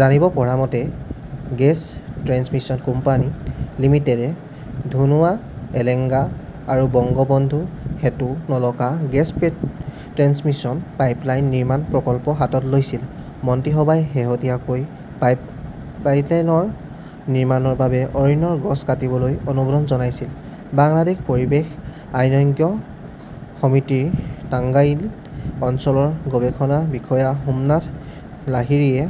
জানিব পৰা মতে, গেছ ট্ৰেন্সমিশ্যন কোম্পানী লিমিটেড -এ ধুনুৱা-এলেঙ্গা আৰু Bangabandhu Setu-Nalka gas transmission pipeline নিৰ্মাণ প্ৰকল্প হাতত লৈছিল। মন্ত্ৰীসভাই শেহতীয়াকৈ পাইপলাইন নিৰ্মাণৰ বাবে অৰণ্যৰ গছ কাটিবলৈ অনুমোদন জনাইছিল। বাংলাদেশ পৰিৱেশ আইনজ্ঞ সমিতিৰ টাঙ্গাইল অঞ্চলৰ গৱেষণা বিষয়া সোমনাথ লাহিৰীয়ে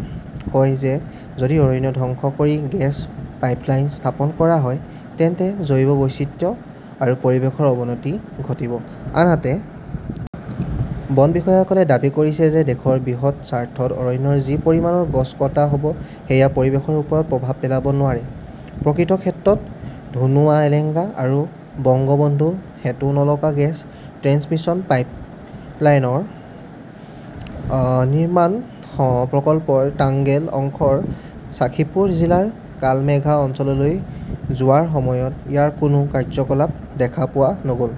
কয় যে যদি অৰণ্য ধ্বংস কৰি গেছ পাইপলাইন স্থাপন কৰা হয় তেন্তে জৈৱ বৈচিত্ৰ্য আৰু পৰিৱেশৰ অৱনতি ঘটিব। আনহাতে, বন বিষয়াসকলে দাবী কৰিছে যে দেশৰ বৃহৎ স্বাৰ্থত অৰণ্যৰ যি পৰিমাণৰ গছ কটা হ'ব সেয়া পৰিৱেশৰ ওপৰত প্ৰভাৱ পেলাব নোৱাৰে। প্ৰকৃত ক্ষেত্ৰত, ধুনুৱা-এলেঙ্গা আৰু Bangabandhu Setu-Nalka gas transmission pipeline নিৰ্মাণ প্ৰকল্পৰ তাংগেল অংশৰ ছাখীপুৰ জিলাৰ কালমেঘা অঞ্চললৈ যোৱাৰ সময়ত ইয়াৰ কোনো কাৰ্যকলাপ দেখা পোৱা নগ'ল।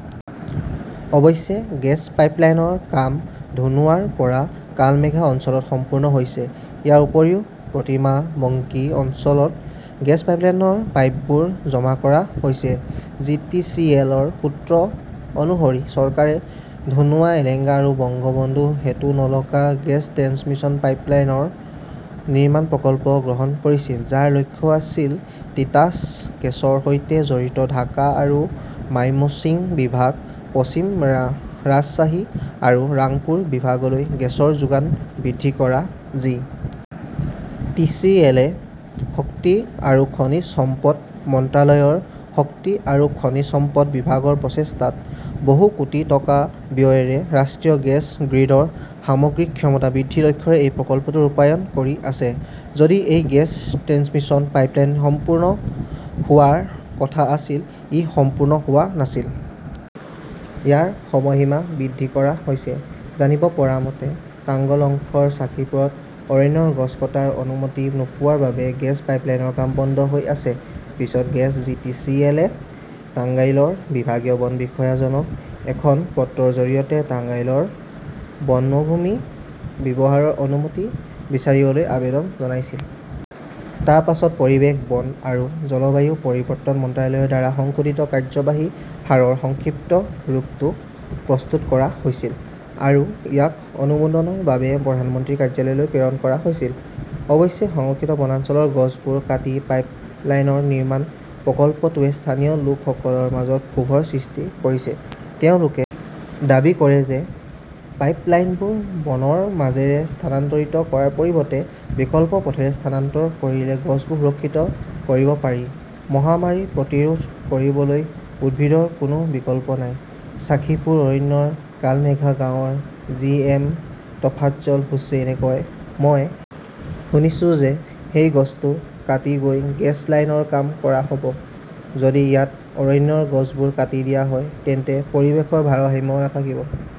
অৱশ্যে, গেছ পাইপলাইনৰ কাম ধুনুৱাৰ পৰা কালমেঘা অঞ্চলত সম্পূৰ্ণ হৈছে। ইয়াৰ উপৰিও প্ৰতিমা বংকী অঞ্চলত গেছ লাইনৰ পাইপবোৰ জমা কৰা হৈছে। জি. টি. চি. এল. -ৰ সূত্ৰ অনুসৰি, চৰকাৰে "ধনুৱা-এলেঙ্গা আৰু Bangabandhu Setu-Nalka gas transmission pipeline নিৰ্মাণ প্ৰকল্প" গ্ৰহণ কৰিছিল, যাৰ লক্ষ্য আছিল তিতাছ গেছৰ সৈতে জড়িত ঢাকা আৰু মাইমশ্বিং বিভাগ, পশ্চিম ৰাজশ্বাহী আৰু ৰাংপুৰ বিভাগলৈ গেছৰ যোগান বৃদ্ধি কৰা। জি. টি. চি. এল. -এ শক্তি আৰু খনিজ সম্পদ মন্ত্ৰালয়ৰ শক্তি আৰু খনিজ সম্পদ বিভাগৰ প্ৰচেষ্টাত বহু কোটি হাজাৰ টকা ব্যয়েৰে ৰাষ্ট্ৰীয় গেছ গ্ৰীডৰ সামগ্ৰিক ক্ষমতা বৃদ্ধিৰ লক্ষ্যৰে এই প্ৰকল্পটো ৰূপায়ণ কৰি আছে। যদিও এই গেছ ট্ৰেন্সমিশ্যন পাইপলাইনৰ নিৰ্মাণ সম্পূৰ্ণ হোৱাৰ কথা আছিল, ই সম্পূৰ্ণ হোৱা নাছিল। ইয়াৰ সময়সীমা বৃদ্ধি কৰা হৈছে। জানিব পৰা মতে, টাংগল অংশৰ ছাখীপুৰত অৰণ্যৰ গছ কটাৰ অনুমতি নোপোৱাৰ বাবে গেছ পাইপলাইনৰ কাম বন্ধ হৈ আছে। পিছত gas G. T. C. L. -এ তাংগাইলৰ বিভাগীয় বন বিষয়াজনক এখন পত্ৰৰ জৰিয়তে তাংগাইল বনভূমি ব্যৱহাৰৰ অনুমতি বিচাৰিবলৈ আবেদন জনাইছিল। তাৰ পিছত পৰিৱেশ, বন আৰু জলবায়ু পৰিৱৰ্তন মন্ত্ৰালয়ৰ দ্বাৰা সংশোধিত কাৰ্যবাহী সাৰৰ সংক্ষিপ্ত ৰূপটো প্ৰস্তুত কৰা হৈছিল আৰু ইয়াক অনুমোদনৰ বাবে প্ৰধানমন্ত্ৰীৰ কাৰ্যালয়লৈ প্ৰেৰণ কৰা হৈছিল। অৱশ্যে, সংৰক্ষিত বনাঞ্চলৰ গছবোৰ কাটি পাইপলাইন নিৰ্মাণ প্ৰকল্পটোৱে স্থানীয় লোকসকলৰ মাজত ক্ষোভৰ সৃষ্টি কৰিছে। তেওঁলোকে দাবী কৰে যে পাইপ লাইনবোৰ বনৰ মাজেৰে স্থানান্তৰিত কৰাৰ পৰিৱৰ্তে বিকল্প পথেৰে স্থানান্তৰ কৰিলে গছবোৰ সুৰক্ষিত কৰিব পাৰি। "মহামাৰী প্ৰতিৰোধ কৰিবলৈ উদ্ভিদৰ কোনো বিকল্প নাই", ছাখীপুৰ অৰণ্যৰ কালমেঘা গাঁৱৰ জি. এম. টফাজ্জল হুচেইনে কয়। মই শুনিছোঁ যে সেই গছটো কাটি গৈ গেছ লাইনৰ কাম কৰা হ'ব। যদি ইয়াত অৰণ্যৰ গছবোৰ কাটি দিয়া হয় তেন্তে পৰিৱেশৰ ভাৰসাম্য নাথাকিব।